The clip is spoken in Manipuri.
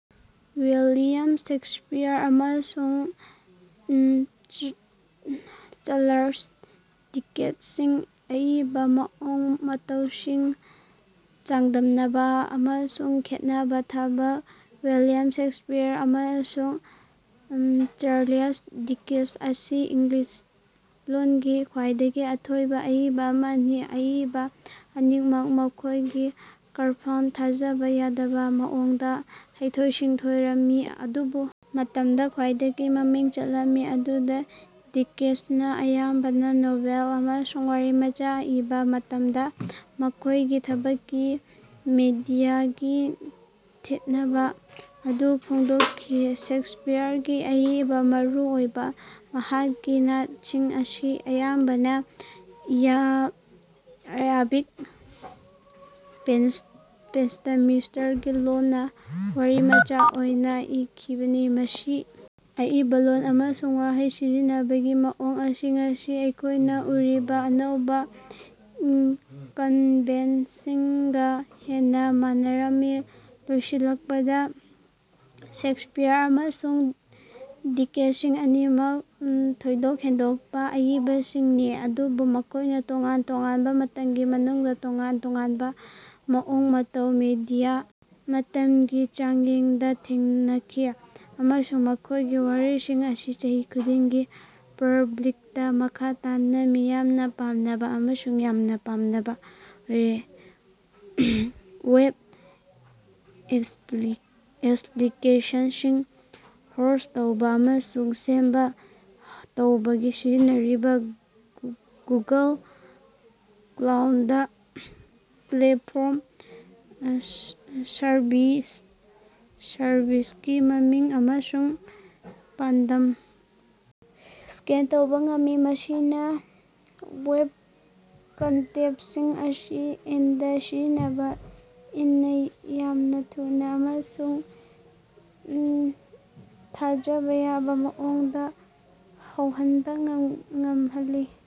ꯋꯤꯂꯤꯌꯝ ꯁꯦꯛꯁꯄꯤꯌꯔ ꯑꯃꯁꯨꯡ ꯆꯥꯔꯂꯁ ꯗꯤꯀꯦꯟꯁꯀꯤ ꯑꯏꯕ ꯃꯑꯣꯡ ꯃꯇꯧꯁꯤꯡ ꯆꯥꯡꯗꯝꯅꯕ ꯑꯃꯁꯨꯡ ꯈꯦꯠꯅꯕ ꯊꯝꯕ꯫ ꯋꯤꯂꯤꯌꯝ ꯁꯦꯛꯁꯄꯤꯌꯔ ꯑꯃꯁꯨꯡ ꯆꯥꯔꯂꯁ ꯗꯤꯀꯦꯟꯁ ꯑꯁꯤ ꯏꯪꯂꯤꯁ ꯂꯣꯟꯒꯤ ꯈ꯭ꯋꯥꯏꯗꯒꯤ ꯑꯊꯣꯏꯕ ꯑꯏꯕ ꯑꯅꯤꯅꯤ꯫ ꯑꯏꯕ ꯑꯅꯤꯃꯛ ꯃꯈꯣꯢꯒꯤ ꯀ꯭ꯔꯥꯐꯇ ꯊꯥꯖꯕ ꯌꯥꯗꯕ ꯃꯑꯣꯡꯗ ꯍꯩꯊꯣꯏ-ꯁꯤꯡꯊꯣꯏꯔꯝꯃꯤ ꯑꯗꯨꯕꯨ ꯃꯇꯝꯗ ꯈ꯭ꯋꯥꯏꯗꯒꯤ ꯃꯃꯤꯡ ꯆꯠꯂꯝꯃꯤ ꯑꯗꯨꯒ ꯗꯤꯀꯦꯟꯁꯅ ꯑꯌꯥꯝꯕꯅ ꯅꯣꯚꯦꯜ ꯑꯃꯁꯨꯡ ꯋꯥꯔꯤꯃꯆꯥ ꯏꯕ ꯃꯇꯝꯗ ꯃꯈꯣꯢꯒꯤ ꯊꯕꯛꯀꯤ ꯃꯦꯗꯤꯌꯝꯒꯤ ꯈꯦꯠꯅꯕ ꯑꯗꯨ ꯐꯣꯡꯗꯣꯛꯈꯤ꯫ ꯁꯦꯛꯁꯄꯤꯌꯔꯒꯤ ꯑꯏꯕ ꯃꯔꯨ ꯑꯣꯏꯅ ꯃꯍꯥꯛꯀꯤ ꯅꯥꯠꯁꯤꯡ ꯑꯁꯤ ꯑꯌꯥꯝꯕꯅ ꯏꯌꯥꯝꯕꯤꯛ ꯄꯦꯟꯇꯥꯃꯤꯇꯔꯒ ꯂꯣꯢꯅꯅꯥ ꯋꯥꯔꯤꯃꯆꯥ ꯑꯣꯏꯅ ꯏꯈꯤꯕꯅꯤ ꯃꯁꯤ ꯑꯏꯕ ꯂꯣꯜ ꯑꯃꯁꯨꯡ ꯋꯥꯍꯩ ꯁꯤꯖꯤꯟꯅꯕꯒꯤ ꯃꯑꯣꯡ ꯑꯁꯤ ꯉꯁꯤ ꯑꯩꯈꯣꯢꯅ ꯎꯔꯤꯕꯥ ꯑꯅꯧꯕ ꯀꯟꯚꯦꯟꯁꯟꯁꯤꯡꯒ ꯍꯦꯟꯅ ꯃꯥꯟꯅꯔꯝꯃꯤ꯫ ꯂꯣꯏꯁꯤꯜꯂꯛꯄꯗ ꯁꯦꯛꯁꯄꯤꯌꯔ ꯑꯃꯁꯨꯡ ꯗꯤꯀꯦꯟꯁ ꯑꯅꯤꯃꯛ ꯊꯣꯏꯗꯣꯛ ꯍꯦꯟꯗꯣꯛꯄ ꯑꯏꯕꯁꯤꯡꯅꯤ ꯑꯗꯨꯕꯨ ꯃꯈꯣꯢꯅ ꯇꯣꯉꯥꯟ ꯇꯣꯉꯥꯟꯕ ꯃꯇꯝꯒꯤ ꯃꯅꯨꯡꯗ ꯇꯣꯉꯥꯟ ꯇꯣꯉꯥꯟꯕ ꯃꯑꯣꯡ ꯃꯇꯧ ꯃꯦꯗꯤꯌꯥ ꯃꯇꯝꯒꯤ ꯆꯥꯡꯌꯦꯡꯗ ꯊꯦꯡꯅꯈꯤ ꯑꯃꯁꯨꯡ ꯃꯈꯣꯢꯒꯤ ꯋꯥꯔꯤꯁꯤꯡ ꯑꯁꯤ ꯆꯍꯤ ꯈꯨꯗꯤꯡꯒꯤ ꯄꯥꯔꯤꯕꯁꯤꯡꯅ ꯃꯈꯥ ꯇꯥꯅ ꯃꯤꯌꯥꯝꯅ ꯄꯥꯝꯅꯕ ꯑꯃꯁꯨꯡ ꯌꯥꯝꯅ ꯄꯥꯝꯅꯕ ꯑꯣꯏꯔꯤ꯫ ꯋꯦꯕ ꯑꯦꯄ꯭ꯂꯤꯀꯦꯁꯟꯁꯤꯡ ꯍꯣꯁ꯭ꯠ ꯇꯧꯕꯥ ꯑꯃꯁꯨꯡ ꯁꯦꯕꯥ ꯇꯧꯕꯗ ꯁꯤꯖꯤꯟꯅꯔꯤꯕ ꯒꯨꯒꯜ ꯀ꯭ꯂꯥꯎꯗ ꯄ꯭ꯂꯦꯠꯐꯣꯔꯝ ꯁꯔꯚꯤꯁ ꯁꯔꯚꯤꯁꯀꯤ ꯃꯃꯤꯡ ꯑꯃꯁꯨꯡ ꯄꯥꯟꯗꯝ ꯁ꯭ꯀꯦꯜ ꯇꯧꯕꯥ ꯉꯝꯃꯤ ꯃꯁꯤꯅ ꯋꯦꯕ ꯀꯟꯇꯦꯟꯇꯁꯤꯡ ꯑꯁꯤ ꯑꯦꯟꯗ ꯁꯤꯖꯤꯟꯅꯕ ꯁꯤꯡꯅ ꯌꯥꯝꯅ ꯊꯨꯅꯥ ꯑꯃꯁꯨꯡ ꯊꯥꯖꯕ ꯌꯥꯕꯥ ꯃꯑꯣꯡꯗ ꯍꯧꯍꯟꯕ ꯉꯝꯍꯜꯂꯤ꯫